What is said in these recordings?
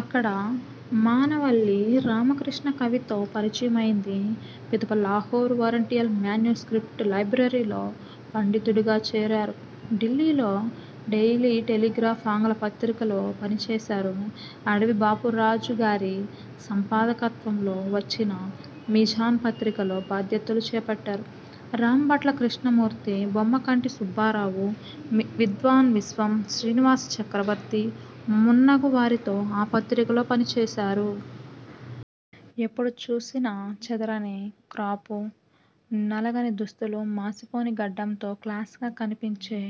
అక్కడ మానవల్లి రామకృష్ణకవితో పరిచయం అయింది. పిదప లాహోరు ఓరియంటల్ మాన్యు స్క్రిప్ట్ లైబ్రరీలో పండితుడుగా చేరారు. ఢిల్లీలో 'డెయిలీ టెలిగ్రాఫ్' ఆంగ్ల పత్రికలో పని చేశారు. అడివి బాపిరాజుగారి సంపాదకత్వంలో వచ్చిన 'మీజాన్' పత్రికలో బాధ్యతలు చేపట్టారు. రాంభట్ల కృష్ణమూర్తి, బొమ్మకంటి సుబ్బారావు, విద్వాన్ విశ్వం, శ్రీనివాస చక్రవర్తి, మున్నగు వారితో ఆ పత్రికలో పనిచేశారు. ''ఎప్పుడు చూసినా చెదరని క్రాపు, నలగని దుస్తులు, మాసిపోని గడ్డంతో 'క్లాస్'గా కనిపించే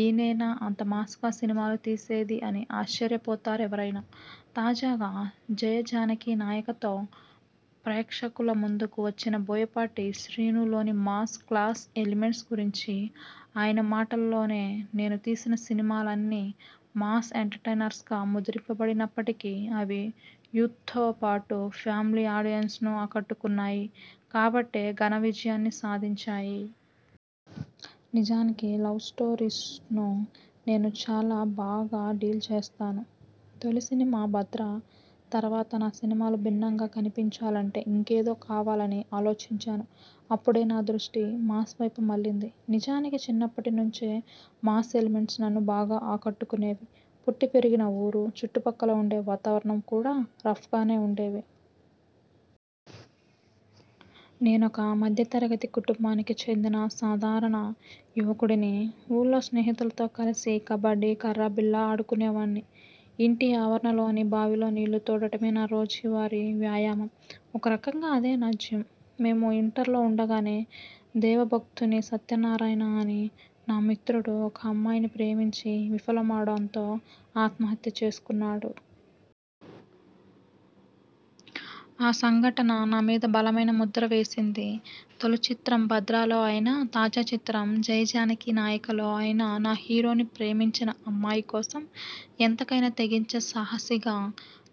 ఈయనేనా అంత 'మాస్'గా సినిమాలు తీసేది'' అని ఆశ్చర్యపోతారెవరైనా. తాజాగా 'జయ జానకి నాయక'తో ప్రేక్షకుల ముందుకు వచ్చిన బోయపాటి శ్రీనులోని మాస్, క్లాస్ ఎలిమెంట్స్ గురించి ఆయన మాటల్లోనే నేను తీసిన సినిమాలన్నీ మాస్ ఎంటర్టైనర్స్గా ముద్రపడినప్పటికీ, అవి యూత్తో పాటు ఫ్యామిలీ ఆడియెన్స్నూ ఆకట్టుకున్నాయి కాబట్టే ఘన విజయాన్ని సాధించాయి. నిజానికి లవ్స్టోరీస్ను నేను చాలా బాగా డీల్ చేస్తాను. తొలి సినిమా 'భద్ర' తర్వాత నా సినిమాలు భిన్నంగా కనిపించాలంటే ఇంకేదో కావాలని ఆలోచించాను. అప్పుడే నా దృష్టి మాస్వైపు మళ్లింది. నిజానికి చిన్నప్పటినుంచే మాస్ ఎలిమెంట్స్ నన్ను బాగా ఆకట్టుకునేవి. పుట్టిపెరిగిన ఊరు, చుట్టుపక్కల ఉండే వాతావరణం కూడా రఫ్గానే ఉండేవి. నేనొక మధ్యతరగతి కుటుంబానికి చెందిన సాధారణ యువకుడిని. ఊళ్లో స్నేహితులతో కలిసి కబడ్డీ, కర్రబిళ్ల ఆడుకునేవాణ్ణి. ఇంటి ఆవరణలోని బావిలో నీళ్లు తోడటమే నా రోజువారీ వ్యాయామం. ఒకరకంగా అదే నా జిమ్. మేము ఇంటర్లో ఉండగానే దేవభక్తుని సత్యనారాయణ అని నా మిత్రుడు ఒకమ్మాయిని ప్రేమించి, విఫలమవ్వడంతో ఆత్మహత్య చేసుకున్నాడు. ఆ సంఘటన నా మీద బలమైన ముద్ర వేసింది. తొలి చిత్రం 'భద్ర'లో అయినా, తాజా చిత్రం 'జయ జానకి నాయక'లో అయినా నా హీరోని ప్రేమించిన అమ్మాయి కోసం ఎంతకైనా తెగించే సాహసిగా,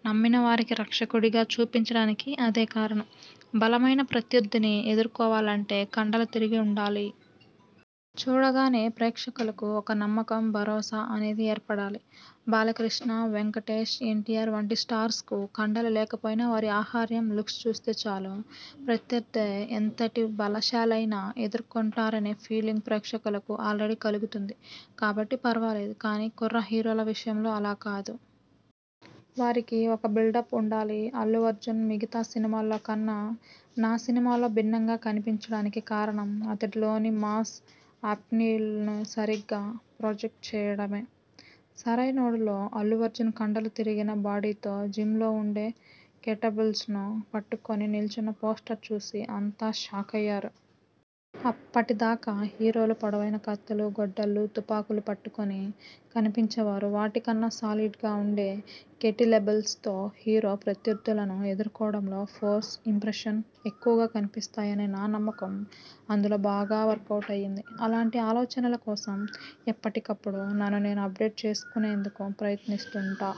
నమ్మినవారికి రక్షకుడిగా చూపించడానికి అదే కారణం. బలమైన ప్రత్యర్థిని ఎదుర్కోవాలంటే కండలు తిరిగి ఉండాలి. చూడగానే ప్రేక్షకులకు ఒక నమ్మకం, భరోసా అనేది ఏర్పడాలి. బాలకృష్ణ, వెంకటేష్, ఎన్టీఆర్ వంటి 'స్టార్స్'కు కండలు లేకపోయినా వారి ఆహార్యం, లుక్స్ చూస్తే చాలు, ప్రత్యర్థి ఎంతటి బలశాలైనా ఎదుర్కొంటారనే ఫీలింగ్ ప్రేక్షకులకు ఆల్రెడీ కలుగుతుంది కాబట్టి పర్వాలేదు. కానీ కుర్ర హీరోల విషయంలో అలా కాదు. వారికి ఒక బిల్డప్ ఉండాలి. అల్లు అర్జున్ మిగతా సినిమాల్లో కన్నా నా సినిమాలో భిన్నంగా కనిపించడానికి కారణం అతడిలోని మాస్ అప్పీల్ను సరిగ్గా ప్రొజెక్ట్ చేయడమే. 'సరైనోడు'లో అల్లుఅర్జున్ కండలు తిరిగిన బాడీతో జిమ్లో ఉండే 'కెటిల్బెల్స్'ను పట్టుకుని నిల్చున్న పోస్టర్ చూసి అంతా షాకయ్యారు. అప్పటిదాకా హీరోలు పొడవైన కత్తులు, గొడ్డళ్లు, తుపాకులు పట్టుకుని కనిపించేవారు వాటికన్నా సాలిడ్గా ఉండే 'కెటిల్బెల్స్'తో హీరో ప్రత్యర్థులను ఎదుర్కోవడంలో 'ఫోర్స్', 'ఇంప్రెషన్' ఎక్కువగా కనిపిస్తాయనే నా నమ్మకం అందులో బాగా వర్కవుట్ అయ్యింది. అలాంటి ఆలోచనల కోసం ఎప్పటికప్పుడు నన్ను నేను అప్డేట్ చేసుకునేందుకు ప్రయత్నిస్తుంటా.